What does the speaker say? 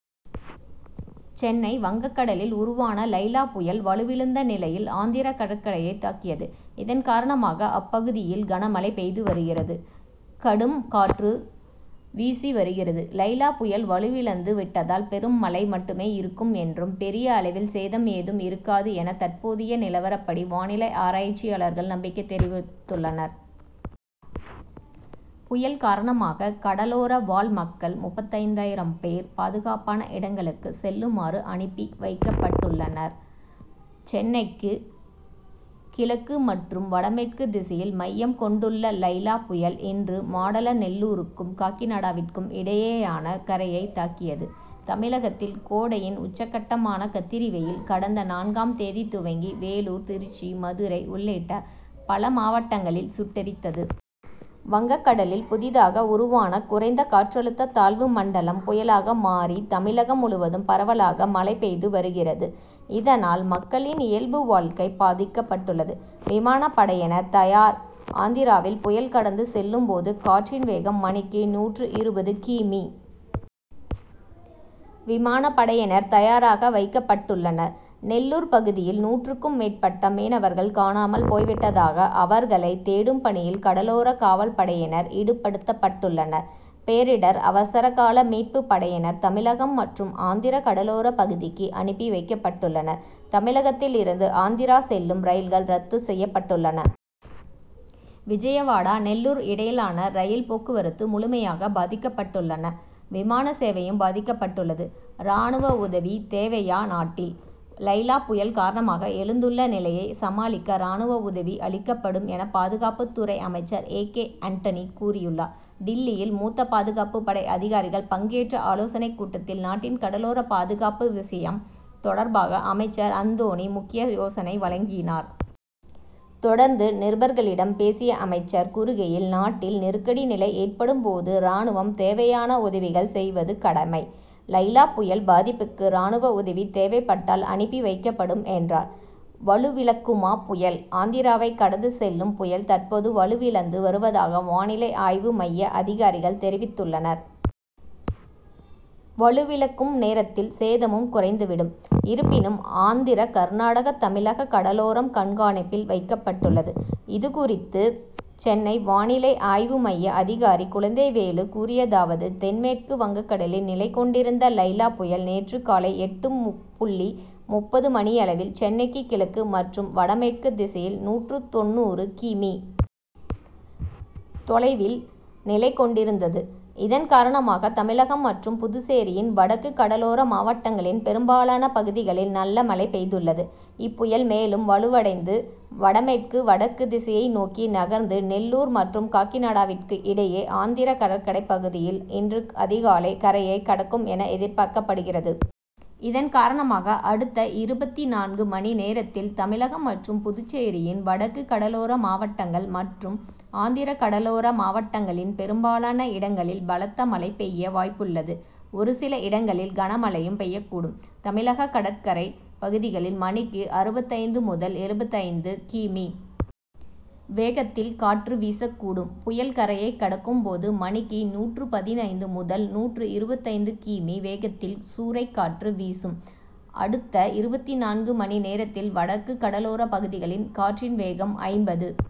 சென்னை வங்ககடலில் உருவான லைலா புயல் வலுவிழந்த நிலையில் ஆந்திர கடற்கரையை தாக்கியது. இதன் காரணமாக அப்பகுதியில் கனமழை பெய்து வருகிறது. கடும் காற்றும் வீசி வருகிறது. லைலா புயல் வலுவிழந்து விட்டதால் பெரும் மழை மட்டுமே இருக்கும் என்றும் பெரிய அளவில் சேதம் ஏதும் இருக்காது என தற்போதைய நிலவரப்படி வானிலை ஆராய்ச்சியாளர்கள் நம்பிக்கை தெரிவித்துள்ளனர். புயல் காரணமாக கடலோரவாழ் மக்கள் முப்பத்தைந்தாயிரம் பேர் பாதுகாப்பான இடங்களுக்கு செல்லுமாறு அனுப்பி வைக்கப்பட்டுள்ளனர். சென்னைக்கு கிழக்கு மற்றும் வடமேற்கு திசையில் மையம் கொண்டுள்ள லைலா புயல் இன்று மாடல நெல்லூருக்கும் காக்கிநாடாவிற்கும் இடையேயான கரையை தாக்கியது. தமிழகத்தில் கோடையின் உச்சகட்டமான கத்திரிவெயில் கடந்த நான்காம் தேதி துவங்கி வேலூர் திருச்சி மதுரை உள்ளிட்ட பல மாவட்டங்களில் சுட்டெரித்தது. வங்கக் கடலில் புதிதாக உருவான குறைந்த காற்றழுத்த தாழ்வு மண்டலம் புயலாக மாறி தமிழகம் முழுவதும் பரவலாக மழை பெய்து வருகிறது. இதனால் மக்களின் இயல்பு வாழ்க்கை பாதிக்கப்பட்டுள்ளது. விமான படையினர் தயார் ஆந்திராவில் புயல் கடந்து செல்லும்போது காற்றின் வேகம் மணிக்கு நூற்று இருபது கி.மீ. விமான படையினர் தயாராக வைக்கப்பட்டுள்ளனர். நெல்லூர் பகுதியில் நூற்றுக்கும் மேற்பட்ட மீனவர்கள் காணாமல் போய்விட்டதாக அவர்களை தேடும் பணியில் கடலோர காவல்படையினர் ஈடுபடுத்தப்பட்டுள்ளனர். பேரிடர் அவசர கால மீட்பு படையினர் தமிழகம் மற்றும் ஆந்திர கடலோர பகுதிக்கு அனுப்பி வைக்கப்பட்டுள்ளனர். தமிழகத்தில் இருந்து ஆந்திரா செல்லும் ரயில்கள் ரத்து செய்யப்பட்டுள்ளன. விஜயவாடா நெல்லூர் இடையிலான ரயில் போக்குவரத்து முழுமையாக பாதிக்கப்பட்டுள்ளன. விமான சேவையும் பாதிக்கப்பட்டுள்ளது. ராணுவ உதவி தேவையா நாட்டில் லைலா புயல் காரணமாக எழுந்துள்ள நிலையை சமாளிக்க ராணுவ உதவி அளிக்கப்படும் என பாதுகாப்பு துறை அமைச்சர் ஏ. கே. அண்டனி கூறியுள்ளார். டில்லியில் மூத்த பாதுகாப்பு படை அதிகாரிகள் பங்கேற்ற ஆலோசனை கூட்டத்தில் நாட்டின் கடலோர பாதுகாப்பு விஷயம் தொடர்பாக அமைச்சர் அந்தோணி முக்கிய யோசனை வழங்கினார். தொடர்ந்து நிருபர்களிடம் பேசிய அமைச்சர் கூறுகையில் நாட்டில் நெருக்கடி நிலை ஏற்படும் போது ராணுவம் தேவையான உதவிகள் செய்வது கடமை. லைலா புயல் பாதிப்புக்கு ராணுவ உதவி தேவைப்பட்டால் அனுப்பி வைக்கப்படும் என்றார். வலுவிழக்குமா புயல் ஆந்திராவை கடந்து செல்லும் புயல் தற்போது வலுவிழந்து வருவதாக வானிலை ஆய்வு மைய அதிகாரிகள் தெரிவித்துள்ளனர். வலுவிழக்கும் நேரத்தில் சேதமும் குறைந்து விடும். இருப்பினும் ஆந்திர கர்நாடக தமிழக கடலோரம் கண்காணிப்பில் வைக்கப்பட்டுள்ளது. இதுகுறித்து சென்னை வானிலை ஆய்வுமைய அதிகாரி குழந்தைவேலு கூறியதாவது தென்மேற்கு வங்கக்கடலில் நிலைகொண்டிருந்த லைலா புயல் நேற்று காலை எட்டு புள்ளி முப்பது மணியளவில் சென்னைக்கு கிழக்கு மற்றும் வடமேற்கு திசையில் நூற்று தொண்ணூறு கி.மீ. தொலைவில் நிலை கொண்டிருந்தது. இதன் காரணமாக தமிழகம் மற்றும் புதுச்சேரியின் வடக்கு கடலோர மாவட்டங்களின் பெரும்பாலான பகுதிகளில் நல்ல மழை பெய்துள்ளது. இப்புயல் மேலும் வலுவடைந்து வடமேற்கு வடக்கு திசையை நோக்கி நகர்ந்து நெல்லூர் மற்றும் காக்கிநாடாவிற்கு இடையே ஆந்திர கடற்கரை பகுதியில் இன்று அதிகாலை கரையை கடக்கும் என எதிர்பார்க்கப்படுகிறது. இதன் காரணமாக அடுத்த இருபத்துநான்கு மணி நேரத்தில் தமிழகம் மற்றும் புதுச்சேரியின் வடக்கு கடலோர மாவட்டங்கள் மற்றும் ஆந்திர கடலோர மாவட்டங்களின் பெரும்பாலான இடங்களில் பலத்த மழை பெய்ய வாய்ப்புள்ளது. ஒருசில இடங்களில் கனமழையும் பெய்யக்கூடும். தமிழக கடற்கரை பகுதிகளில் மணிக்கு அறுபத்தைந்து முதல் எழுபத்தைந்து கி.மீ. வேகத்தில் காற்று வீசக்கூடும். புயல் கரையை கடக்கும் போது மணிக்கு நூற்று பதினைந்து முதல் நூற்று இருபத்தைந்து கி.மீ. வேகத்தில் சூறைக்காற்று வீசும். அடுத்த இருபத்துநான்கு மணி நேரத்தில் வடக்கு கடலோர பகுதிகளில் காற்றின் வேகம் ஐம்பது.